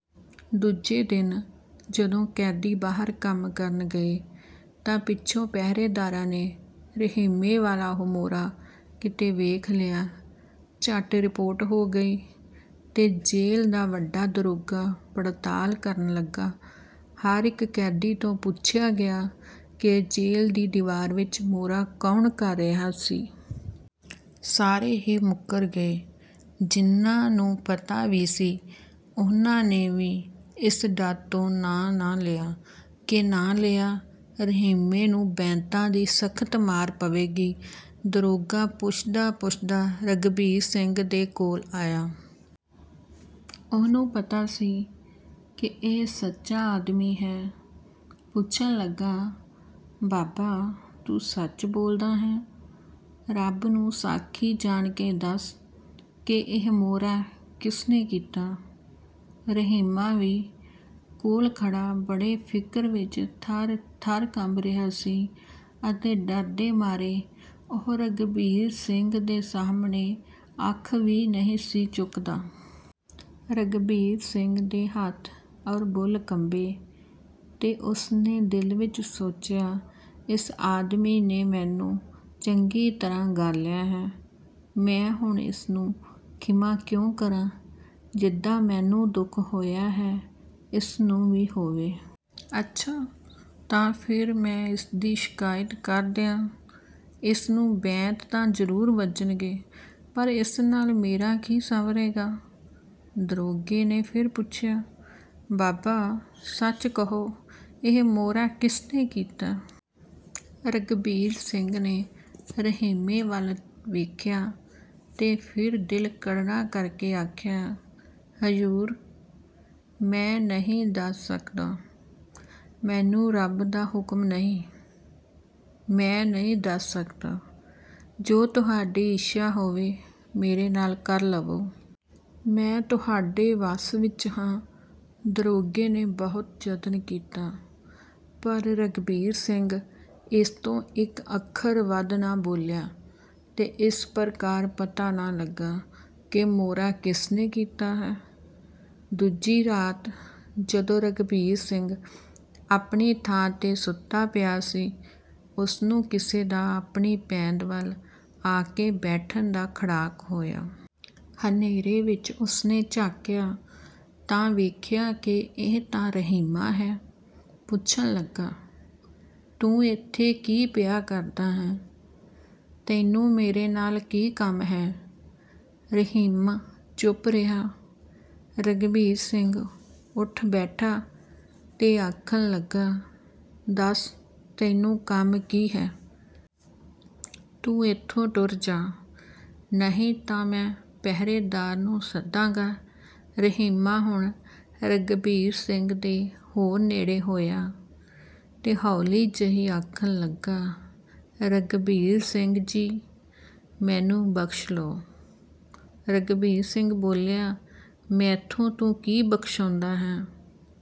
ਦੂਜੇ ਦਿਨ ਜਦੋਂ ਕੈਦੀ ਬਾਹਰ ਕੰਮ ਕਰਨ ਗਏ ਤਾਂ ਪਿੱਛੋਂ ਪਹਿਰੇਦਾਰਾਂ ਨੇ ਰਹੀਮੇ ਵਾਲਾ ਉਹ ਮੋਰਾ ਕਿਤੇ ਵੇਖ ਲਿਆ। ਝੱਟ ਰਿਪੋਰਟ ਹੋ ਗਈ ਤੇ ਜੇਲ੍ਹ ਦਾ ਵੱਡਾ ਦਰੋਗਾ ਪੜਤਾਲ ਕਰਨ ਲੱਗਾ। ਹਰ ਇੱਕ ਕੈਦੀ ਤੋਂ ਪੁੱਛਿਆ ਗਿਆ ਕਿ ਜੇਲ੍ਹ ਦੀ ਦੀਵਾਰ ਵਿੱਚ ਮੋਰਾ ਕੌਣ ਕਰ ਰਿਹਾ ਸੀ। ਸਾਰੇ ਹੀ ਮੁੱਕਰ ਗਏ। ਜਿਨ੍ਹਾਂ ਨੂੰ ਪਤਾ ਵੀ ਸੀ, ਉਨ੍ਹਾਂ ਨੇ ਵੀ ਇਸ ਡਰ ਤੋਂ ਨਾਂ ਨਾ ਲਿਆ ਕਿ ਨਾਂ ਲਿਆਂ ਰਹੀਮੇ ਨੂੰ ਬੈਂਤਾਂ ਦੀ ਸਖ਼ਤ ਮਾਰ ਪਵੇਗੀ। ਦਰੋਗਾ ਪੁੱਛਦਾ-ਪੁੱਛਦਾ ਰਘਬੀਰ ਸਿੰਘ ਦੇ ਕੋਲ ਆਇਆ। ਉਹਨੂੰ ਪਤਾ ਸੀ ਕਿ ਇਹ ਸੱਚਾ ਆਦਮੀ ਹੈ। ਪੁੱਛਣ ਲੱਗਾ, "ਬਾਬਾ, ਤੂੰ ਸੱਚ ਬੋਲਦਾ ਹੈਂ। ਰੱਬ ਨੂੰ ਸਾਖੀ ਜਾਣ ਕੇ ਦੱਸ ਕਿ ਇਹ ਮੋਰਾ ਕਿਸ ਨੇ ਕੀਤਾ?" ਰਹੀਮਾ ਵੀ ਕੋਲ ਖੜ੍ਹਾ ਬੜੇ ਫ਼ਿਕਰ ਵਿੱਚ ਥਰ-ਥਰ ਕੰਬ ਰਿਹਾ ਸੀ ਅਤੇ ਡਰਦੇ ਮਾਰੇ ਉਹ ਰਘਬੀਰ ਸਿੰਘ ਦੇ ਸਾਹਮਣੇ ਅੱਖ ਵੀ ਨਹੀਂ ਸੀ ਚੁੱਕਦਾ। ਰਘਬੀਰ ਸਿੰਘ ਦੇ ਹੱਥ ਅਰ ਬੁੱਲ੍ਹ ਕੰਬੇ ਤੇ ਉਸ ਨੇ ਦਿਲ ਵਿੱਚ ਸੋਚਿਆ, "ਇਸ ਆਦਮੀ ਨੇ ਮੈਨੂੰ ਚੰਗੀ ਤਰ੍ਹਾਂ ਗਾਲਿਆ ਹੈ। ਮੈਂ ਹੁਣ ਇਸ ਨੂੰ ਖ਼ਿਮਾ ਕਿਉਂ ਕਰਾਂ? ਜਿੱਦਾਂ ਮੈਨੂੰ ਦੁੱਖ ਹੋਇਆ ਹੈ, ਇਸ ਨੂੰ ਵੀ ਹੋਵੇ। ਅੱਛਾ! ਤਾਂ ਫਿਰ ਮੈਂ ਇਸ ਦੀ ਸ਼ਿਕਾਇਤ ਕਰ ਦਿਆਂ? ਇਸ ਨੂੰ ਬੈਂਤ ਤਾਂ ਜ਼ਰੂਰ ਵੱਜਣਗੇ, ਪਰ ਇਸ ਨਾਲ ਮੇਰਾ ਕੀ ਸੰਵਰੇਗਾ?" ਦਰੋਗੇ ਨੇ ਫਿਰ ਪੁੱਛਿਆ, "ਬਾਬਾ, ਸੱਚ ਕਹੁ, ਇਹ ਮੋਰਾ ਕਿਸ ਨੇ ਕੀਤਾ?" ਰਘਬੀਰ ਸਿੰਘ ਨੇ ਰਹੀਮੇ ਵੱਲ ਵੇਖਿਆ ਤੇ ਫਿਰ ਦਿਲ ਕਰੜਾ ਕਰਕੇ ਆਖਿਆ, "ਹਜ਼ੂਰ! ਮੈਂ ਨਹੀਂ ਦੱਸ ਸਕਦਾ। ਮੈਨੂੰ ਰੱਬ ਦਾ ਹੁਕਮ ਨਹੀਂ। ਮੈਂ ਨਹੀਂ ਦੱਸ ਸਕਦਾ। ਜੋ ਤੁਹਾਡੀ ਇੱਛਾ ਹੋਵੇ, ਮੇਰੇ ਨਾਲ ਕਰ ਲਵੋ। ਮੈਂ ਤੁਹਾਡੇ ਵੱਸ ਵਿੱਚ ਹਾਂ।" ਦਰੋਗੇ ਨੇ ਬਹੁਤ ਯਤਨ ਕੀਤਾ, ਪਰ ਰਘਬੀਰ ਸਿੰਘ ਇਸ ਤੋਂ ਇੱਕ ਅੱਖਰ ਵੱਧ ਨਾ ਬੋਲਿਆ, ਤੇ ਇਸ ਪ੍ਰਕਾਰ ਪਤਾ ਨਾ ਲੱਗਾ ਕਿ ਮੋਰਾ ਕਿਸ ਨੇ ਕੀਤਾ ਹੈ। ਦੂਜੀ ਰਾਤ ਜਦੋਂ ਰਘਬੀਰ ਸਿੰਘ ਆਪਣੀ ਥਾਂ ਤੇ ਸੁੱਤਾ ਪਿਆ ਸੀ, ਉਸ ਨੂੰ ਕਿਸੇ ਦਾ ਆਪਣੀ ਪੈਂਦ ਵੱਲ ਆ ਕੇ ਬੈਠਣ ਦਾ ਖੜਾਕ ਹੋਇਆ। ਹਨੇਰੇ ਵਿਚ ਉਸ ਨੇ ਝਾਕਿਆ ਤਾਂ ਵੇਖਿਆ ਕਿ ਇਹ ਤਾਂ ਰਹੀਮਾ ਹੈ। ਪੁੱਛਣ ਲੱਗਾ, "ਤੂੰ ਇੱਥੇ ਕੀ ਪਿਆ ਕਰਦਾ ਹੈਂ? ਤੈਨੂੰ ਮੇਰੇ ਨਾਲ ਕੀ ਕੰਮ ਹੈ?" ਰਹੀਮ ਚੁੱਪ ਰਿਹਾ। ਰਘਬੀਰ ਸਿੰਘ ਉੱਠ ਬੈਠਾ ਤੇ ਆਖਣ ਲੱਗਾ, "ਦੱਸ, ਤੈਨੂੰ ਕੰਮ ਕੀ ਹੈ? ਤੂੰ ਇੱਥੋਂ ਟੁਰ ਜਾਹ, ਨਹੀਂ ਤਾਂ ਮੈਂ ਪਹਿਰੇਦਾਰ ਨੂੰ ਸੱਦਾਂਗਾ।" ਰਹੀਮਾ ਹੁਣ ਰਘਬੀਰ ਸਿੰਘ ਦੇ ਹੋਰ ਨੇੜੇ ਹੋਇਆ ਤੇ ਹੌਲੀ ਜਿਹੀ ਆਖਣ ਲੱਗਾ, "ਰਘਬੀਰ ਸਿੰਘ ਜੀ! ਮੈਨੂੰ ਬਖ਼ਸ਼ ਲਓ।" ਰਘਬੀਰ ਸਿੰਘ ਬੋਲਿਆ, "ਮੈਥੋਂ ਤੂੰ ਕੀ ਬਖ਼ਸ਼ਾਉਂਦਾ ਹੈਂ?"